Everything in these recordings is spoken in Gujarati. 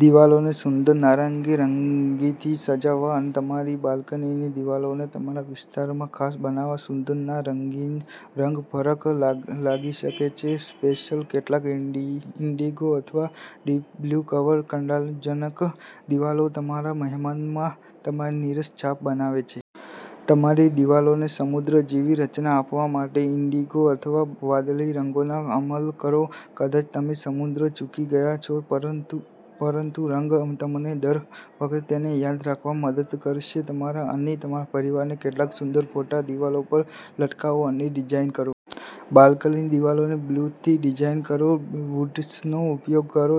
દિવાલોને સુંદર નારંગી રંગથી સજાવો અને તમારી બાલ્કનીની દિવાલોને તમારા વિસ્તારમાં ખાસ બનાવો. સુંદર નારંગી રંગ ફરક લાવી શકે છે સ્પ્લેશ કેટલાક ઈન્ડિગો અથવા ડીપ બ્લુ કલર કંટાળાજનક દિવાલો તમારા મહેમાનના મનમાં તમારી નીરસ છાપ બનાવે છે. તમારી દિવાલોને સમુદ્ર જેવી રચના આપવા માટે ઈન્ડિગો અથવા વાદળી રંગોનો અમલ કરો. કદાચ તમે સમુદ્રને ચૂકી ગયા છો, પરંતુરંગ તમને દર વખતે તેને યાદ રાખવામાં મદદ કરશે. તમારા અને તમારા પરિવારના કેટલાક સુંદર ફોટા દિવાલો પર લટકાવો અને તેમને ડિઝાઇન કરો. બાલ્કનીની દિવાલોને બ્લુથી ડિઝાઇન કરો વુડ્સનો ઉપયોગ કરો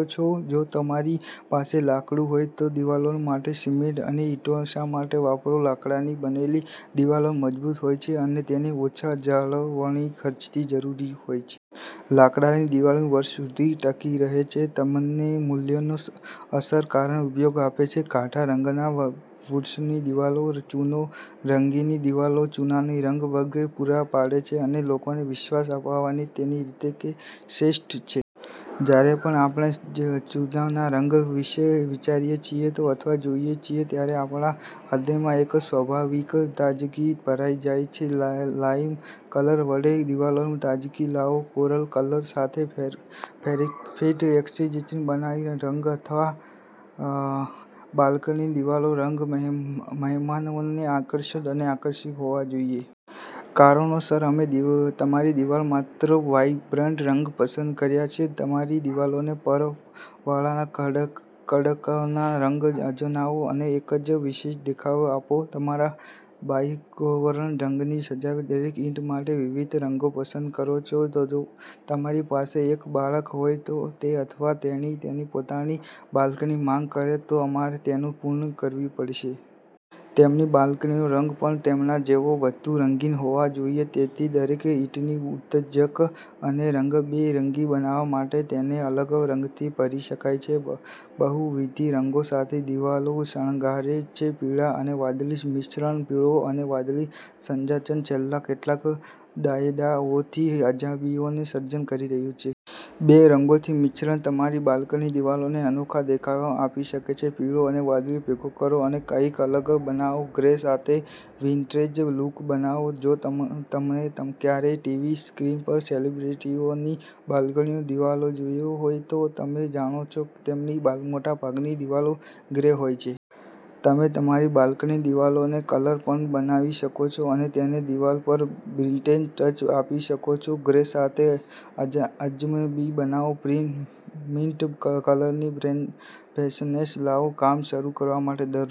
જો તમારી પાસે લાકડું હોય તો દિવાલો માટે સિમેન્ટ અને ઇંટો શા માટે વાપરો? લાકડાની બનેલી દિવાલો મજબૂત હોય છે અને તેને ઓછા જાળવણી ખર્ચની જરૂર હોય છે. લાકડાની દિવાલો વર્ષો સુધી ટકી રહે છે અને તમને મૂલ્યનો અસરકારક ઉપયોગ આપે છે. ઘાટા રંગના વૂડ્સની દિવાલો ચૂનો રંગીન દિવાલો ચૂનોનો રંગ વર્ગ પૂરો પાડે છે અને લોકોને વિશ્વાસ અપાવવાની તેની રીત છે કે તે શ્રેષ્ઠ છે. જ્યારે પણ આપણેચૂનાના રંગ વિશે વિચારીએ છીએ અથવા જોઈએ છીએ ત્યારે આપણા હૃદયમાં એક સ્વાભાવિક તાજગી ભરાઈ જાય છે. લાઇમ કલર વડે દિવાલોમાં તાજગી લાવો કોરલ કલર સાથે પરફેક્ટ એક્સટીરીયર બનાવો બાહ્ય રંગ અથવા બાલ્કનીની દિવાલનો રંગ મહેમાનોને આકર્ષક અને આકર્ષક હોવો જોઈએ. કારણોસર, અમે તમારી દિવાલો માટે માત્ર વાઇબ્રન્ટ રંગો પસંદ કર્યા છે. તમારી દિવાલોમાં પરવાળાના ખડકોનોરંગ અજમાવો અને તેને એક વિશિષ્ટ દેખાવ આપો. તમારા બાહ્યને કોરલ રંગથી સજાવો દરેક ઈંટ માટે વિવિધ રંગો પસંદ કરો જો તમારી પાસે એક બાળક હોય અને તે અથવા તેણી તેની પોતાની બાલ્કનીની માંગ કરે, તો તમારે તેને પૂર્ણ કરવી પડશે. તેમની બાલ્કનીનો રંગ પણ તેમના જેવો, વધુ રંગીન હોવો જોઈએ. તેથી, દરેક ઈંટને ઉત્તેજક અને રંગબેરંગી બનાવવા માટે તેને અલગ રંગથી ભરી શકાય છે. બહુવિધ રંગો સાથે દિવાલો શણગારે છે પીળા અને વાદળીનું મિશ્રણ પીળો અને વાદળી સંયોજન છેલ્લા કેટલાક દાયકાઓથી અજાયબીઓનું સર્જન કરી રહ્યું છે. બે રંગોનું મિશ્રણ તમારી બાલ્કનીની દિવાલોને અનોખો દેખાવ આપી શકે છે. પીળા અને વાદળીને ભેગા કરો અને કંઈક અલગ બનાવો ગ્રે સાથે વિન્ટેજ લુક બનાવો જો તમે ક્યારેય ટીવી સ્ક્રીન પર સેલિબ્રિટીઓની બાલ્કનીની દિવાલો જોઈ હોય, તો તમે જાણો છો કે તેમની મોટાભાગની દિવાલો ગ્રે હોય છે. તમે તમારી બાલ્કનીની દિવાલને કલર પણ બનાવી શકો છો અને તેને દિવાલ પર વિન્ટેજ ટચ આપી શકો છો. ગ્રે સાથે અજાયબીઓ બનાવો મિન્ટ કલરની ફ્રેશનેસ લાવો કામ શરૂ કરવા માટે દરરોજ